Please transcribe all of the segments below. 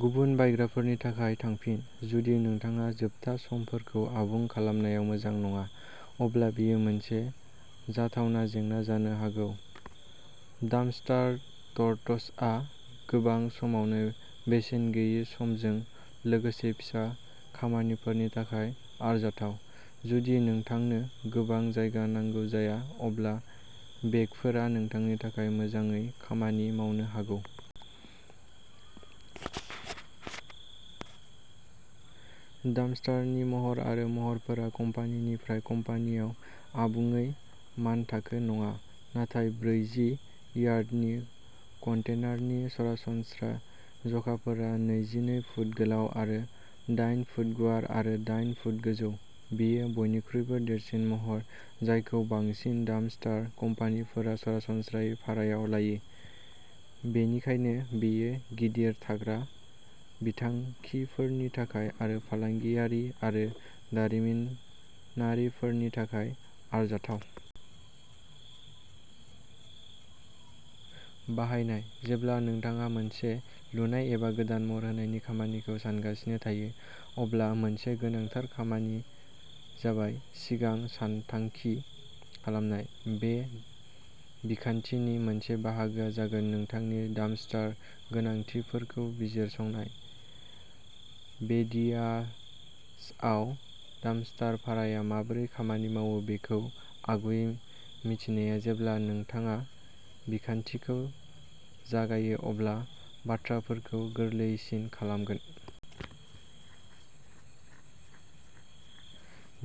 गुबुन बायग्राफोरनि थाखाय थांफिन। जुदि नोंथाङा जोबथा समफोरखौ आबुं खालामनायाव मोजां नङा अब्ला बेयो मोनसे जाथावना जेंना जानो हागौ। डाम्पस्टार टट्सआ गोबां समावनो बेसेन गैयै समजों लोगोसे फिसा खामानिफोरनि थाखाय आरजाथाव। जुदि नोंथांनो गोबां जायगा नांगौ जाया, अब्ला बेगफोरा नोंथांनि थाखाय मोजाङै खामानि मावनो हागौ। डाम्पस्टारनि महर आरो महरफोरा कम्पानिनिफ्राय कम्पानिआव आबुङै मानथाखो नङा, नाथाय ब्रैजि यार्डनि कन्टेनारनि सरासनस्रा जखाफोरा नैजिनै फुट गोलाव आरो दाइन फुट गुवार आरो दाइन फुट गोजौ। बेयो बयनिख्रुइबो देरसिन महर जायखौ बांसिन डाम्पस्टार कम्पानिफोरा सरासनस्रायै भारायाव लायो, बेनिखायनो बेयो गिदिर थाग्रा बिथांखिफोरनि थाखाय आरो फालांगियारि आरो दारिमिनारिफोरनि थाखाय आरजाथाव। बाहायनाय। जेब्ला नोंथाङा मोनसे लुनाय एबा गोदान महर होनायनि खामानिखौ सानगासिनो थायो, अब्ला मोनसे गोनांथार खामानि जाबाय सिगां सानथांखि खालामनाय। बे बिखान्थिनि मोनसे बाहागोआ जागोन नोंथांनि डाम्पस्टार गोनांथिफोरखौ बिजिरसंनाय। बेदियासआव डाम्पस्टार भाराया माबोरै खामानि मावो बेखौ आगुयै मिथिनाया जेब्ला नोंथाङा बिखान्थिखौ जागायो अब्ला बाथ्राफोरखौ गोरलैसिन खालामगोन।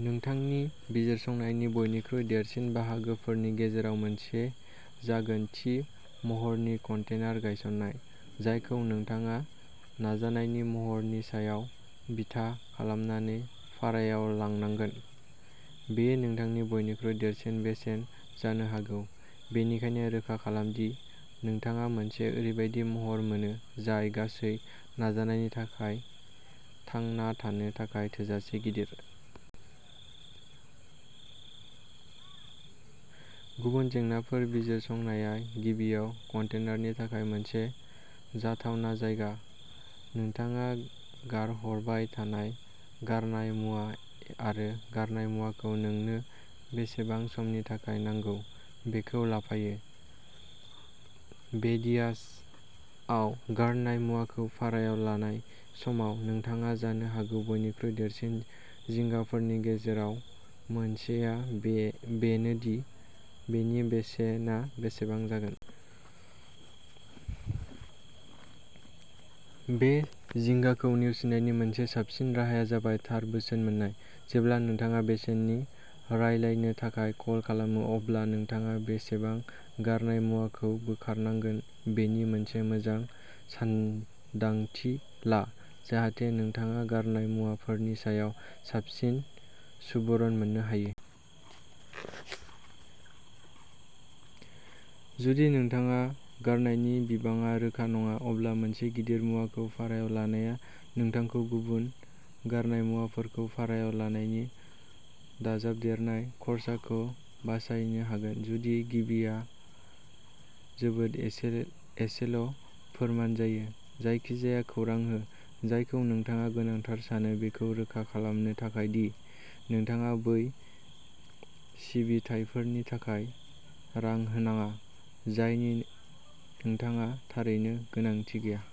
नोंथांनि बिजिरसंनायनि बयनिख्रुइ देरसिन बाहागोफोरनि गेजेराव मोनसे जागोन थि महरनि कन्टेनार गायसन्नाय, जायखौ नोंथाङा नाजानायनि महरनि सायाव बिथा खालामनानै भारायाव लानांगौ। बेयो नोंथांनि बयनिख्रुइ देरसिन बेसेन जानो हागौ, बेनिखायनो रोखा खालाम दि नोंथाङा मोनसे ओरैबायदि महर मोनो जाय गासै नाजानायनि थाखाय थांना थानो थाखाय थोजासे गिदिर। गुबुन जेंनाफोर बिजिरसंनाया गिबियाव कन्टेनारनि थाखाय मोनसे जाथावना जायगा, नोंथाङा गारहरबाय थानाय गारनाय मुवा आरो गारनाय मुवाखौ नोंनो बेसेबां समनि थाखाय नांगौ, बेखौ लाफायो। बेदियासआव गारनाय मुवाखौ भारायाव लानाय समाव नोंथांहा जानो हाथाव बयनिख्रुइ देरसिन जिंगाफोरनि गेजेराव मोनसेआ बेनो दि बेनि बेसेना बेसेबां जागोन। बे जिंगाखौ नेवसिनायनि मोनसे साबसिन राहाया जाबाय थार बोसोन मोन्नाय। जेब्ला नोंथाङा बेसेननि रायलायनो थाखाय कल खालामो अब्ला नोंथाङा बेसेबां गारनाय मुवाखौ बोखारनांगोन बेनि मोनसे मोजां सान्दांथि ला जाहाथे नोंथाङा गारनाय मुवाफोरनि सायाव साबसिन सुबुरुन मोननो हायो। जुदि नोंथाङा गारनायनि बिबाङाव रोखा नङा, अब्ला मोनसे गिदिर मुवाखौ भारायाव लानाया नोंथांखौ गुबुन गारनाय मुवाफोरखौ भारायाव लानायनि दाजाबदेरनाय खरसाखौ बासायनो हागोन जुदि गिबिआ जोबोद एसेल' फोरमान जायो। जायखिजाया खौरां हो, जायखौ नोंथाङा गोनांथार सानो, बेखौ रोखा खालामनो थाखाय दि नोंथाङा बै सिबिथाइफोरनि थाखाय रां होनाङा, जायनि नोंथाङा थारैनो गोनांथि गैया।